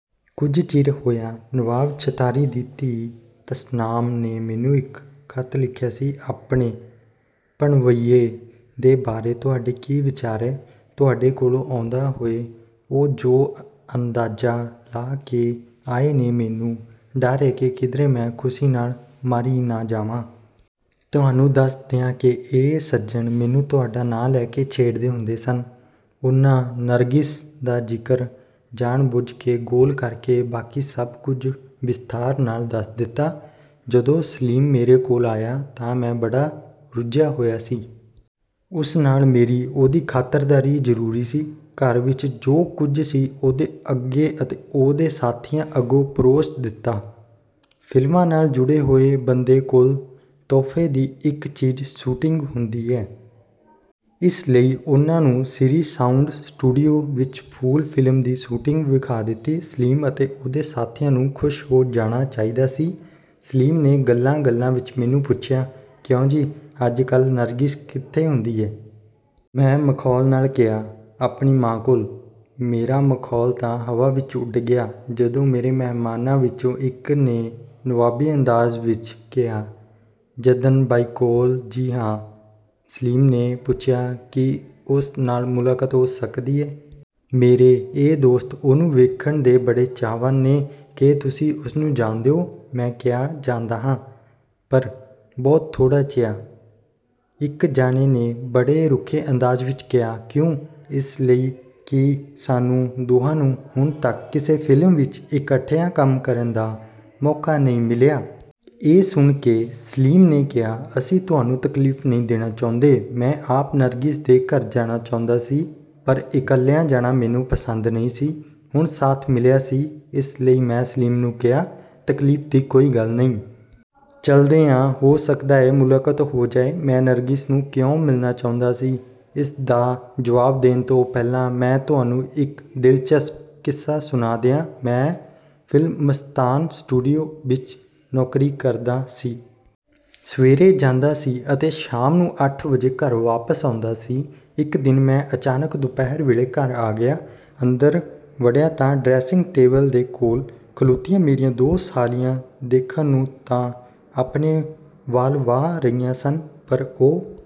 ਕੁਝ ਚਿਰ ਹੋਇਆ, ਨਵਾਬ ਛਤਾਰੀ ਦੀ ਧੀ ਤਸਨਾਮ ਨੇ ਮੈਨੂੰ ਇੱਕ ਖ਼ਤ ਲਿਖਿਆ ਸੀ, ਆਪਣੇ ਭਣਵੱਈਏ ਦੇ ਬਾਰੇ ਤੁਹਾਡਾ ਕੀ ਵਿਚਾਰ ਏ? ਤੁਹਾਡੇ ਕੋਲੋਂ ਆਉਂਦਾ ਹੋਏ ਉਹ ਜੋ ਅੰਦਾਜ਼ਾ ਲਾ ਕੇ ਆਏ ਨੇ, ਮੈਨੂੰ ਡਰ ਏ ਕਿ ਕਿਧਰੇ ਮੈਂ ਖੁਸ਼ੀ ਨਾਲ ਮਰ ਈ ਨਾ ਜਾਵਾਂ! ਤੁਹਾਨੂੰ ਦੱਸ ਦਿਆਂ ਕਿ ਇਹ ਸੱਜਣ ਮੈਨੂੰ ਤੁਹਾਡਾ ਨਾਂ ਲੈ ਕੇ ਛੇੜਦੇ ਹੁੰਦੇ ਸਨ। ਉਨ੍ਹਾਂ ਨਰਗਿਸ ਦਾ ਜ਼ਿਕਰ ਜਾਣ ਬੁੱਝ ਕੇ ਗੋਲ ਕਰਕੇ ਬਾਕੀ ਸਭ ਕੁਝ ਵਿਸਥਾਰ ਨਾਲ ਦੱਸ ਦਿੱਤਾ। ਜਦੋਂ ਸਲੀਮ ਮੇਰੇ ਕੋਲ ਆਇਆ ਤਾਂ ਮੈਂ ਬੜਾ ਰੁੱਝਿਆ ਹੋਇਆ ਸੀ। ਉਸ ਨਾਲ ਮੇਰੀ ਉਹਦੀ ਖਾਤਰਦਾਰੀ ਜ਼ਰੂਰੀ ਸੀ। ਘਰ ਵਿੱਚ ਜੋ ਕੁਝ ਸੀ ਉਹਦੇ ਅੱਗੋ ਅਤੇ ਉਹਦੇ ਸਾਥੀਆਂ ਅੱਗੇ ਪਰੋਸ ਦਿੱਤਾ। ਫ਼ਿਲਮਾਂ ਨਾਲ ਜੁੜੇ ਹੋਏ ਬੰਦੇ ਕੋਲ ਤੋਹਫ਼ੇ ਦੀ ਇੱਕ ਚੀਜ਼ ਸ਼ੂਟਿੰਗ ਹੁੰਦੀ ਏ। ਇਸ ਲਈ ਉਨ੍ਹਾਂ ਨੂੰ ਸ੍ਰੀ ਸਾਊਂਡ ਸਟੂਡੀਓ ਵਿੱਚ ਫੂਲ ਫ਼ਿਲਮ ਦੀ ਸ਼ੂਟਿੰਗ ਵਿਖਾ ਦਿੱਤੀ। ਸਲੀਮ ਅਤੇ ਉਹਦੇ ਸਾਥੀਆਂ ਨੂੰ ਖੁਸ਼ ਹੋ ਜਾਣਾ ਚਾਹੀਦਾ ਸੀ। ਸਲੀਮ ਨੇ ਗੱਲਾਂ ਗੱਲਾਂ ਵਿੱਚ ਮੈਨੂੰ ਪੁੱਛਿਆ, ਕਿਉਂ ਜੀ, ਅੱਜ ਕੱਲ੍ਹ ਨਰਗਿਸ ਕਿੱਥੇ ਹੁੰਦੀ ਏ? ਮੈਂ ਮਖੌਲ ਨਾਲ ਕਿਹਾ, ਆਪਣੀ ਮਾਂ ਕੋਲ। ਮੇਰਾ ਮਖੌਲ ਤਾਂ ਹਵਾ ਵਿੱਚ ਉੱਡ ਗਿਆ। ਜਦੋਂ ਮੇਰੇ ਮਹਿਮਾਨਾਂ ਵਿੱਚੋਂ ਇੱਕ ਨੇ ਨਵਾਬੀ ਅੰਦਾਜ਼ ਵਿੱਚ ਕਿਹਾ, ਜੱਦਨ ਬਾਈ ਕੋਲ? ਜੀ ਹਾਂ। ਸਲੀਮ ਨੇ ਪੁੱਛਿਆ, ਕੀ ਉਸ ਨਾਲ ਮੁਲਾਕਾਤ ਹੋ ਸਕਦੀ ਏ? ਮੇਰੇ ਇਹ ਦੋਸਤ ਉਹਨੂੰ ਵੇਖਣ ਦੇ ਬੜੇ ਚਾਹਵਾਨ ਨੇ। ਕੀ ਤੁਸੀਂ ਉਸਨੂੰ ਜਾਣਦੇ ਹੋ? ਮੈਂ ਕਿਹਾ, ਜਾਣਦਾ ਹਾਂ ਪਰ ਬਹੁਤ ਥੋੜ੍ਹਾ ਜਿਹਾ। ਇੱਕ ਜਣੇ ਨੇ ਬੜੇ ਰੁੱਖੇ ਅੰਦਾਜ਼ ਵਿੱਚ ਕਿਹਾ, ਕਿਉਂ? ਇਸ ਲਈ ਕਿ ਸਾਨੂੰ ਦੋਹਾਂ ਨੂੰ ਹੁਣ ਤੱਕ ਕਿਸੇ ਫ਼ਿਲਮ ਵਿੱਚ ਇਕੱਠਿਆਂ ਕੰਮ ਕਰਨ ਦਾ ਮੌਕਾ ਨਹੀਂ ਮਿਲਿਆ। ਇਹ ਸੁਣ ਕੇ ਸਲੀਮ ਨੇ ਕਿਹਾ, ਅਸੀਂ ਤੁਹਾਨੂੰ ਤਕਲੀਫ਼ ਨਹੀਂ ਦੇਣਾ ਚਾਹੁੰਦੇ। ਮੈਂ ਆਪ ਨਰਗਿਸ ਦੇ ਘਰ ਜਾਣਾ ਚਾਹੁੰਦਾ ਸੀ ਪਰ ਇਕੱਲਿਆਂ ਜਾਣਾ ਮੈਨੂੰ ਪਸੰਦ ਨਹੀਂ ਸੀ। ਹੁਣ ਸਾਥ ਮਿਲਿਆ ਸੀ। ਇਸ ਲਈ ਮੈਂ ਸਲੀਮ ਨੂੰ ਕਿਹਾ, ਤਕਲੀਫ਼ ਦੀ ਕੋਈ ਗੱਲ ਨਹੀਂ। ਚੱਲਦੇ ਆਂ। ਹੋ ਸਕਦਾ ਏ ਮੁਲਾਕਾਤ ਹੋ ਜਾਏ। ਮੈਂ ਨਰਗਿਸ ਨੂੰ ਕਿਉਂ ਮਿਲਣਾ ਚਾਹੁੰਦਾ ਸੀ? ਇਸ ਦਾ ਜਵਾਬ ਦੇਣ ਤੋਂ ਪਹਿਲਾਂ ਮੈਂ ਤੁਹਾਨੂੰ ਇੱਕ ਦਿਲਚਸਪ ਕਿੱਸਾ ਸੁਣਾ ਦਿਆਂ। ਮੈਂ ਫ਼ਿਲਮਸਤਾਨ ਸਟੂਡੀਓ ਵਿੱਚ ਨੌਕਰੀ ਕਰਦਾ ਸੀ। ਸਵੇਰੇ ਜਾਂਦਾ ਸੀ ਅਤੇ ਸ਼ਾਮ ਨੂੰ ਅੱਠ ਵਜੇ ਘਰ ਵਾਪਸ ਆਉਂਦਾ ਸੀ। ਇੱਕ ਦਿਨ ਮੈਂ ਅਚਾਨਕ ਦੁਪਹਿਰ ਵੇਲੇ ਘਰ ਆ ਗਿਆ। ਅੰਦਰ ਵੜਿਆ ਤਾਂ ਡਰੈਸਿੰਗ ਟੇਬਲ ਦੇ ਕੋਲ ਖਲੋਤੀਆਂ ਮੇਰੀਆਂ ਦੋ ਸਾਲੀਆਂ ਦੇਖਣ ਨੂੰ ਤਾਂ ਆਪਣੇ ਵਾਲ ਵਾਹ ਰਹੀਆਂ ਸਨ, ਪਰ ਉਹ